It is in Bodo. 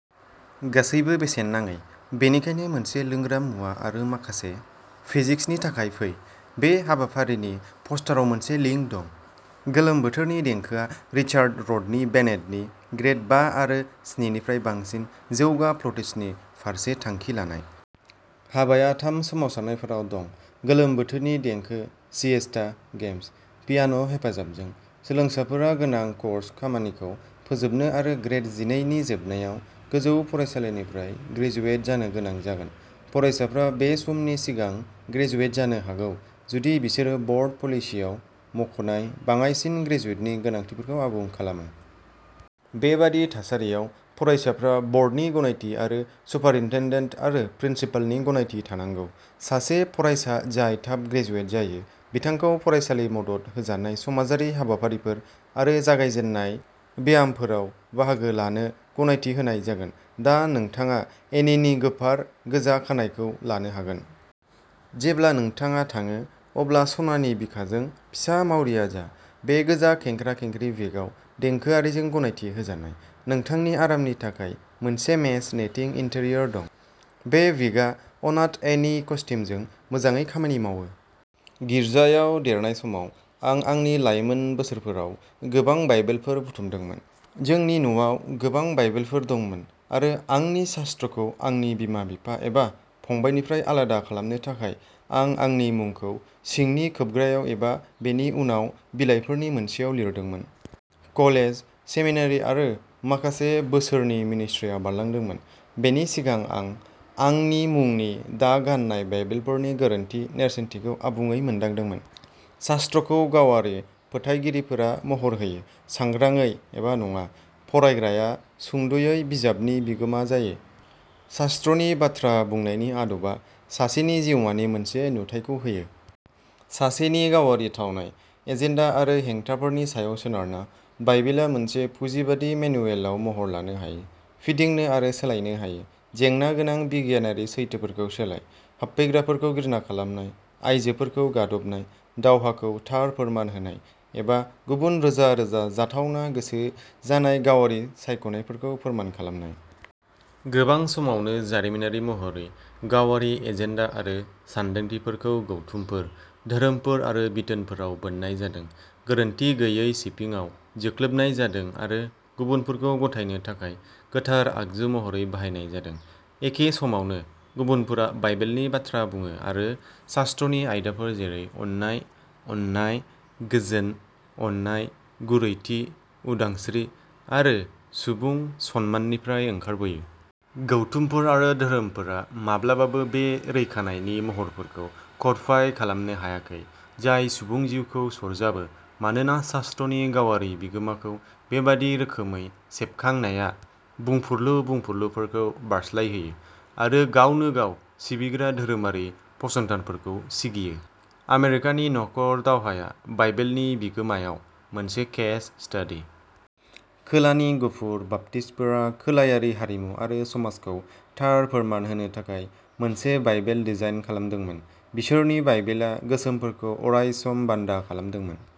गासैबो बेसेन नाङै। बेनिखायनो मोनसे लोंग्रा मुवा आरो माखासे फिजिक्सनि थाखाय फै। बे हाबाफारिनि पस्टाराव मोनसे लिंक दं। गोलोम बोथोरनि देंखोआ रिचार्ड रडनि बेनेटनि, ग्रेड बा आरो स्निनिफ्राय बांसिन जौगा फ्ल'टिस्टनि फारसे थांखि लानाय। हाबाया थाम सोमावसारनायफोराव दं गोलोम बोथोरनि देंखो, सिएस्टा, गेम्स। पियान' हेफाजाबजों। सोलोंसाफोरा गोनां कर्स खामानिखौ फोजोबनो आरो ग्रेड जिनैनि जोबनायाव गोजौ फरायसालिनिफ्राय ग्रेजुवेट जानो गोनां जागोन। फरायसाफ्रा बे समनि सिगां ग्रेजुवेट जानो हागौ जुदि बिसोरो बर्ड पलिसिआव मख'नाय बाङाइसिन ग्रेजुवेटनि गोनांथिफोरखौ आबुं खालामो। बेबादि थासारियाव, फरायसाफ्रा बर्डनि गनायथि आरो सुपारिनटेन्डेन्ट आरो प्रिन्सिपालनि गनायथि थानांगौ। सासे फरायसा जाय थाब ग्रेजुवेट जायो, बिथांखौ फरायसालि मदद होजानाय समाजारि हाबाफारिफोर आरो जागायजेननाय ब्यामफोराव बाहागो लानो गनायथि होनाय जागोन। दा नोंथाङा एनिनि गोफार गोजा खानाइखौ लानो हागोन! जेब्ला नोंथाङा थाङो अब्ला सनानि बिखाजों फिसा मावरिया जा। बे गोजा खेंख्रा खेंख्रि विगआव, देंखोआरिजों गनायथि होजानाय। नोंथांनि आरामनि थाखाय मोनसे मेश नेटिं इन्टेरियर दं। बे विगआ अनाथ एनि कस्ट्युमजों मोजाङै खामानि मावो। गिर्जायाव देरनाय समाव, आं आंनि लाइमोन बोसोरफोराव गोबां बाइबेलफोर बुथुमदोंमोन। जोंनि न'आव गोबां बाइबेलफोर दंमोन आरो आंनि शास्त्रखौ आंनि बिमा बिफा एबा फंबायनिफ्राय आलादा खालामनो थाखाय, आं आंनि मुंखौ सिंनि खोबग्रायाव एबा बेनि उनाव बिलाइफोरनि मोनसेयाव लिरदोंमोन। कलेज, सेमिनारि आरो माखासे बोसोरनि मिनिस्ट्रिया बारलांदोंमोन, बेनि सिगां आं आंनि मुंनि दा गान्नाय बाइबेलफोरनि गोरोन्थि नेरसोनथिखौ आबुङै मोनदांदोंमोन। शास्त्रखौ गावारि फोथायगिरिफोरा महर होयो, सांग्रांयै एबा नङा। फरायग्राया, सुंद'यै, बिजाबनि बिगोमा जायो। शास्त्रनि बाथ्रा बुंनायनि आदबा सासेनि जिउमानि मोनसे नुथायखौ होयो। सासेनि गावारि थावनाय, एजेन्डा आरो हेंथाफोरनि सायाव सोनारना, बाइबेला मोनसे पुजिबादि मेनुएलआव महर लानो हायो, फिदिंनो आरो सोलायनो हायो। जेंना गोनां बिगियानारि सैथोफोरखौ सोलाय, हाबफैग्राफोरखौ घृणा खालामनाय, आयजोफोरखौ गादबनाय, दावहाखौ थार फोरमान होनाय एबा गुबुन रोजा रोजा जाथावना गोसो जानाय गावारि सायख'नायफोरखौ फोरमान खालामनाय। गोबां समावनो, जारिमिनारि महरै, गावारि एजेन्डा आरो सानदांथिफोरखौ गौथुमफोर, धोरोमफोर आरो बिथोनफोराव बोननाय जादों, गोरोन्थि गैयै सिफिङाव जोख्लोबनाय जादों आरो गुबुनफोरखौ गथायनो थाखाय गोथार आगजु महरै बाहायनाय जादों। एखे समावनो, गुबुनफोरा बाइबेलनि बाथ्रा बुङो आरो शास्त्रनि आयदाफोर जेरै अननाय, अननाय, गोजोन, अननाय, गुरैथि, उदांस्रि आरो सुबुं सनमाननिफ्राय ओंखारबोयो। गौथुमफोर आरो धोरोमफोरा माब्लाबाबो बे रैखानायनि महरफोरखौ कडफाइ खालामनो हायाखै जाय सुबुं जिउखौ सरजाबो, मानोना शास्त्रनि गावारि बिगोमाखौ बेबादि रोखोमै सोबखांनाया बुंफुरलु बुंफुरलुफोरखौ बारस्लायहोयो आरो गावनो गाव सिबिग्रा धोरोमारि फसंथानफोरखौ सिगियो। आमेरिकानि नखर दावहाया बाइबेलनि बिगोमायाव मोनसे केस स्टडि। खोलानि गुफुर बाप्तिस्तफोरा खोलायारि हारिमु आरो समाजखौ थार फोरमान होनो थाखाय मोनसे बाइबेल डिजाइन खालामदोंमोन बिसोरनि बाइबेला गोसोमफोरखौ अरायसम बान्दा खालामदोंमोन।